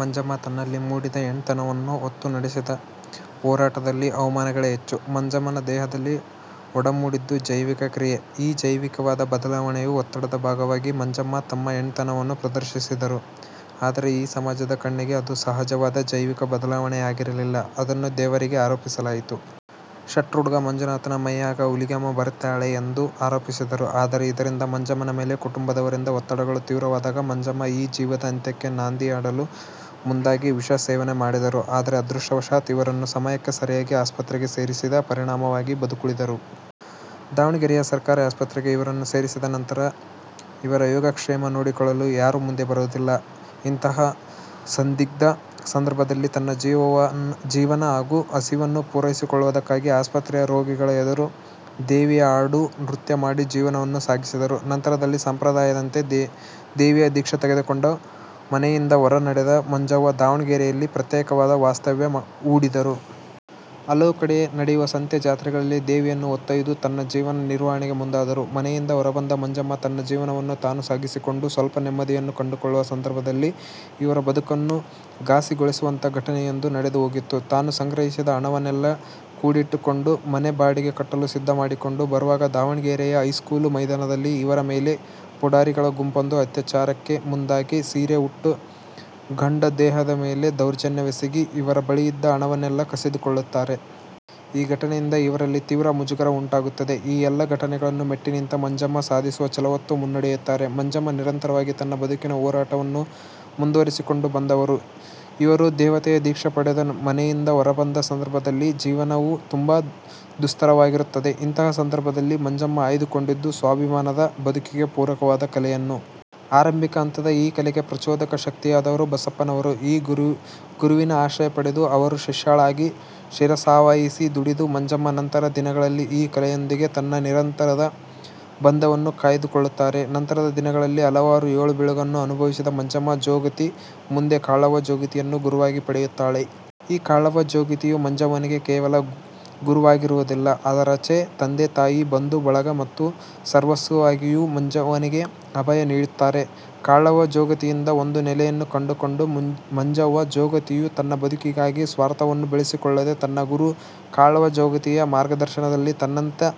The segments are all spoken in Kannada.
ಮಂಜಮ್ಮ ತನ್ನಲ್ಲಿ ಮೂಡಿದ ಹೆಣ್ತನವನ್ನು ಹೊತ್ತು ನಡೆಸಿದ ಹೋರಾಟದಲ್ಲಿ ಅವಮಾನಗಳೆ ಹೆಚ್ಚು. ಮಂಜಮ್ಮನ ದೇಹದಲ್ಲಿ ಒಡಮೂಡಿದ್ದು ಜೈವಿಕ ಕ್ರಿಯೆ. ಈ ಜೈವಿಕವಾದ ಬದಲಾವಣೆಯ ಒತ್ತಡದ ಭಾಗವಾಗಿ ಮಂಜಮ್ಮ ತಮ್ಮ ಹೆಣ್ತನವನ್ನು ಪ್ರದರ್ಶಿಸಿದರು. ಆದರೆ ಈ ಸಮಾಜದ ಕಣ್ಣಿಗೆ ಅದು ಸಹಜವಾದ ಜೈವಿಕ ಬದಲಾವಣೆಯಾಗಿರಲಿಲ್ಲ. ಅದನ್ನು ದೇವರಿಗೆ ಆರೋಪಿಸಲಾಯಿತು. 'ಶೆಟ್ರು ಹುಡುಗ ಮಂಜುನಾಥನ ಮೈಯಾಗೆ ಹುಲಿಗೆಮ್ಮ ಬರಕತ್ಯಾಳೆ' ಎಂದು ಆರೋಪಿಸಿದರು. ಆದರೆ ಇದರಿಂದ ಮಂಜಮ್ಮನ ಮೇಲೆ ಕುಟುಂಬದವರಿಂದ ಒತ್ತಡಗಳು ತೀವ್ರವಾದಾಗ ಮಂಜಮ್ಮ ಈ ಜೀವದ ಅಂತ್ಯಕ್ಕೆ ನಾಂದಿ ಹಾಡಲು ಮುಂದಾಗಿ ವಿಷ ಸೇವನೆ ಮಾಡಿದರು. ಆದರೆ ಅದೃಷ್ಟವಶತ್ ಇವರನ್ನು ಸಮಯಕ್ಕೆ ಸರಿಯಾಗಿ ಆಸ್ಪತ್ರೆಗೆ ಸೇರಿಸಿದ ಪರಿಣಾಮವಾಗಿ ಬದುಕುಳಿದರು. ದಾವಣಗೆರೆಯ ಸರ್ಕಾರಿ ಆಸ್ಪತ್ರೆಗೆ ಇವರನ್ನು ಸೇರಿಸಿದ ನಂತರ ಇವರ ಯೋಗಕ್ಷೇಮ ನೋಡಿಕೊಳ್ಳಲು ಯಾರು ಮುಂದೆ ಬರುವುದಿಲ್ಲ. ಇಂತಹ ಸಂದಿಗ್ಧ ಸಂದರ್ಭದಲ್ಲಿ ತನ್ನ ಜೀವನ ಹಾಗೂ ಹಸಿವನ್ನು ಪೂರೈಸಿಕೊಳ್ಳುವುದಕ್ಕಾಗಿ ಆಸ್ಪತ್ರೆಯ ರೋಗಿಗಳ ಎದುರು ದೇವಿಯ ಹಾಡು ನೃತ್ಯ ಮಾಡಿ ಜೀವನವನ್ನು ಸಾಗಿಸಿದರು. ನಂತರದಲ್ಲಿ ಸಂಪ್ರದಾಯದಂತೆ ದೇವಿಯ ದೀಕ್ಷೆ ತೆಗೆದುಕೊಂಡು ಮನೆಯಿಂದ ಹೊರ ನಡೆದ ಮಂಜವ್ವ ದಾವಣಗೆರೆಯಲ್ಲಿ ಪ್ರತ್ಯೇಕವಾದ ವಾಸ್ತವ್ಯ ಹೂಡಿದರು. ಹಲವು ಕಡೆ ನಡೆಯುವ ಸಂತೆ, ಜಾತ್ರೆಗಳಲ್ಲಿ ದೇವಿಯನ್ನು ಹೊತ್ತೊಯ್ದು ತನ್ನ ಜೀವನ ನಿರ್ವಹಣೆಗೆ ಮುಂದಾದರು. ಮನೆಯಿಂದ ಹೊರಬಂದ ಮಂಜಮ್ಮ ತನ್ನ ಜೀವನವನ್ನು ತಾನು ಸಾಗಿಸಿಕೊಂಡು ಸ್ವಲ್ಪ ನೆಮ್ಮದಿಯನ್ನು ಕಂಡುಕೊಳ್ಳುವ ಸಂದರ್ಭದಲ್ಲಿ ಇವರ ಬದುಕನ್ನು ಘಾಸಿಗೊಳಿಸುವಂತಹ ಘಟನೆಯೊಂದು ನಡೆದು ಹೋಗಿತ್ತು. ತಾನು ಸಂಗ್ರಹಿಸಿದ ಹಣವನ್ನೆಲ್ಲ ಕೂಡಿಟ್ಟುಕೊಂಡು ಮನೆ ಬಾಡಿಗೆ ಕಟ್ಟಲು ಸಿದ್ಧ ಮಾಡಿಕೊಂಡು ಬರುವಾಗ ದಾವಣಗೆರೆಯ ಹೈಸ್ಕೂಲು ಮೈದಾನದಲ್ಲಿ ಇವರ ಮೇಲೆ ಪುಢಾರಿಗಳ ಗುಂಪೊಂದು ಅತ್ಯಾಚಾರಕ್ಕೆ ಮುಂದಾಗಿ, ಸೀರೆ ಉಟ್ಟ ಗಂಡು ದೇಹದ ಮೇಲೆ ದೌರ್ಜನ್ಯವೆಸಗಿ, ಇವರ ಬಳಿಯಿದ್ದ ಹಣವನ್ನೆಲ್ಲ ಕಸಿದುಕೊಳ್ಳುತ್ತಾರೆ. ಈ ಘಟನೆಯಿಂದ ಇವರಲ್ಲಿ ತೀವ್ರ ಮುಜುಗರ ಉಂಟಾಗುತ್ತದೆ. ಈ ಎಲ್ಲಾ ಘಟನೆಗಳನ್ನು ಮೆಟ್ಟಿನಿಂತ ಮಂಜಮ್ಮ ಸಾಧಿಸುವ ಛಲವೊತ್ತು ಮುನ್ನಡೆಯುತ್ತಾರೆ. ಮಂಜಮ್ಮ ನಿರಂತರವಾಗಿ ತನ್ನ ಬದುಕಿನ ಹೋರಾಟವನ್ನು ಮುಂದುವರೆಸಿಕೊಂಡು ಬಂದವರು. ಇವರು ದೇವತೆಯ ದೀಕ್ಷೆ ಪಡೆದು ಮನೆಯಿಂದ ಹೊರಬಂದ ಸಂದರ್ಭದಲ್ಲಿ ಜೀವನವು ತುಂಬಾ ದುಸ್ತರವಾಗಿರುತ್ತದೆ. ಇಂತಹ ಸಂದರ್ಭದಲ್ಲಿ ಮಂಜಮ್ಮ ಆಯ್ದುಕೊಂಡಿದ್ದು ಸ್ವಾಭಿಮಾನದ ಬದುಕಿಗೆ ಪೂರಕವಾದ ಕಲೆಯನ್ನು. ಆರಂಭಿಕ ಹಂತದ ಈ ಕಲೆಗೆ ಪ್ರಚೋದಕ ಶಕ್ತಿಯಾದವರು ಬಸಪ್ಪನವರು. ಈ ಗುರುವಿನ ಆಶ್ರಯ ಪಡೆದು, ಅವರ ಶಿಷ್ಯಳಾಗಿ ಶಿರಸಾವಹಿಸಿ ದುಡಿದ ಮಂಜಮ್ಮ ನಂತರ ದಿನಗಳಲ್ಲಿ ಈ ಕಲೆಯೊಂದಿಗೆ ತನ್ನ ನಿರಂತದ ಬಂಧವನ್ನು ಕಾಯ್ದುಕೊಳ್ಳುತ್ತಾರೆ. ನಂತರದ ದಿನಗಳಲ್ಲಿ ಹಲವಾರು ಏಳುಬೀಳುಗಳನ್ನು ಅನುಭವಿಸಿದ ಮಂಜಮ್ಮ ಜೋಗತಿ ಮುಂದೆ ಕಾಳವ್ವ ಜೋಗತಿಯನ್ನು ಗುರುವಾಗಿ ಪಡೆಯುತ್ತಾಳೆ. ಈ ಕಾಳವ್ವ ಜೋಗತಿಯು ಮಂಜವ್ವನಿಗೆ ಕೇವಲ ಗುರುವಾಗಿರುವುದಿಲ್ಲ. ಅದರಾಚೆ ತಂದೆ ತಾಯಿ, ಬಂಧು ಬಳಗ ಮತ್ತು ಸರ್ವಸ್ವವಾಗಿಯೂ ಮಂಜವ್ವನಿಗೆ ಅಭಯ ನೀಡುತ್ತಾರೆ. ಕಾಳವ್ವ ಜೋಗತಿಯಿಂದ ಒಂದು ನೆಲೆಯನ್ನು ಕಂಡುಕೊಂಡ ಮಂಜವ್ವ ಜೋಗತಿಯು ತನ್ನ ಬದುಕಿಗಾಗಿ ಸ್ವಾರ್ಥವನ್ನು ಬೆಳೆಸಿಕೊಳ್ಳದೆ, ತನ್ನ ಗುರು ಕಾಳವ್ವ ಜೋಗತಿಯ ಮಾರ್ಗದರ್ಶನದಲ್ಲಿ ತನ್ನಂತೆ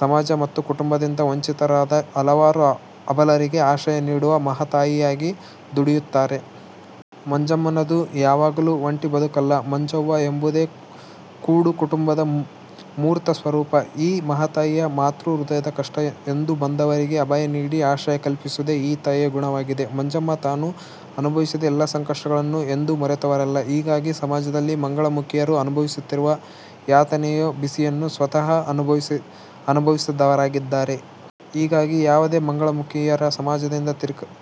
ಸಮಾಜ ಮತ್ತು ಕುಟುಂಬದಿಂದ ವಂಚಿತರಾದ ಹಲವಾರು ಅಬಲರಿಗೆ ಆಶ್ರಯ ನೀಡುವ ಮಹಾತಾಯಿಯಾಗಿ ದುಡಿಯುತ್ತಾರೆ. ಮಂಜಮ್ಮನದು ಯಾವಾಗಲೂ ಒಂಟಿ ಬದುಕಲ್ಲ. ಮಂಜವ್ವ ಎಂಬುದೇ ಕೂಡು ಕುಟುಂಬದ ಮೂರ್ತ ಸ್ವರೂಪ. ಈ ಮಹಾತಾಯಿಯದು ಮಾತೃ ಹೃದಯ. ಕಷ್ಟ ಎಂದು ಬಂದವರಿಗೆ ಅಭಯ ನೀಡಿ ಆಶ್ರಯ ಕಲ್ಪಿಸುವುದೆ ಈ ತಾಯಿಯ ಗುಣವಾಗಿದೆ. ಮಂಜಮ್ಮ ತಾನು ಅನುಭವಿಸಿದ ಎಲ್ಲಾ ಸಂಕಷ್ಟಗಳನ್ನು ಎಂದು ಮರೆತವರಲ್ಲ. ಹೀಗಾಗಿ ಸಮಾಜದಲ್ಲಿ ಮಂಗಳಮುಖಿಯರು ಅನುಭವಿಸುತ್ತಿರುವ ಯಾತನೆಯ ಬಿಸಿಯನ್ನು ಸ್ವತಃ ಅನುಭವಿಸಿದವರಾಗಿದ್ದಾರೆ. ಹೀಗಾಗಿ ಯಾವುದೇ ಮಂಗಳಮುಖಿಯರು ಸಮಾಜದಿಂದ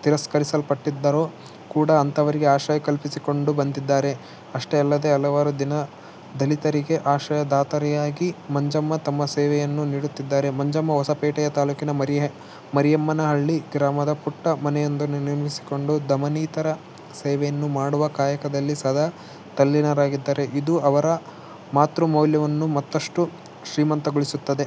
ತಿರಸ್ಕರಿಸಲ್ಪಟ್ಟಿದ್ದರು ಕೂಡ ಅಂತಹವರಿಗೆ ಆಶ್ರಯ ಕಲ್ಪಿಸಿಕೊಂಡು ಬಂದಿದ್ದಾರೆ. ಅಷ್ಟೇ ಅಲ್ಲದೆ ಹಲವಾರು ದೀನ ದಲಿತರಿಗೆ ಆಶ್ರಯಧಾತರಾಗಿ ಮಂಜಮ್ಮ ತಮ್ಮ ಸೇವೆಯನ್ನು ನೀಡುತ್ತಿದ್ದಾರೆ. ಮಂಜಮ್ಮ ಹೊಸಪೇಟೆ ತಾಲ್ಲೂಕಿನ ಮರಿಯಮ್ಮನಹಳ್ಳಿ ಗ್ರಾಮದಲ್ಲಿ ಪುಟ್ಟ ಮನೆಯೊಂದನ್ನು ನಿರ್ಮಿಸಿಕೊಂಡು ದಮನಿತರ ಸೇವೆಯನ್ನು ಮಾಡುವ ಕಾಯಕದಲ್ಲಿ ಸದಾ ತಲ್ಲಿನರಾಗಿದ್ದಾರೆ. ಇದು ಅವರ ಮಾತೃ ಮೌಲ್ಯವನ್ನು ಮತ್ತಷ್ಟು ಶ್ರೀಮಂತಗೊಳಿಸುತ್ತದೆ.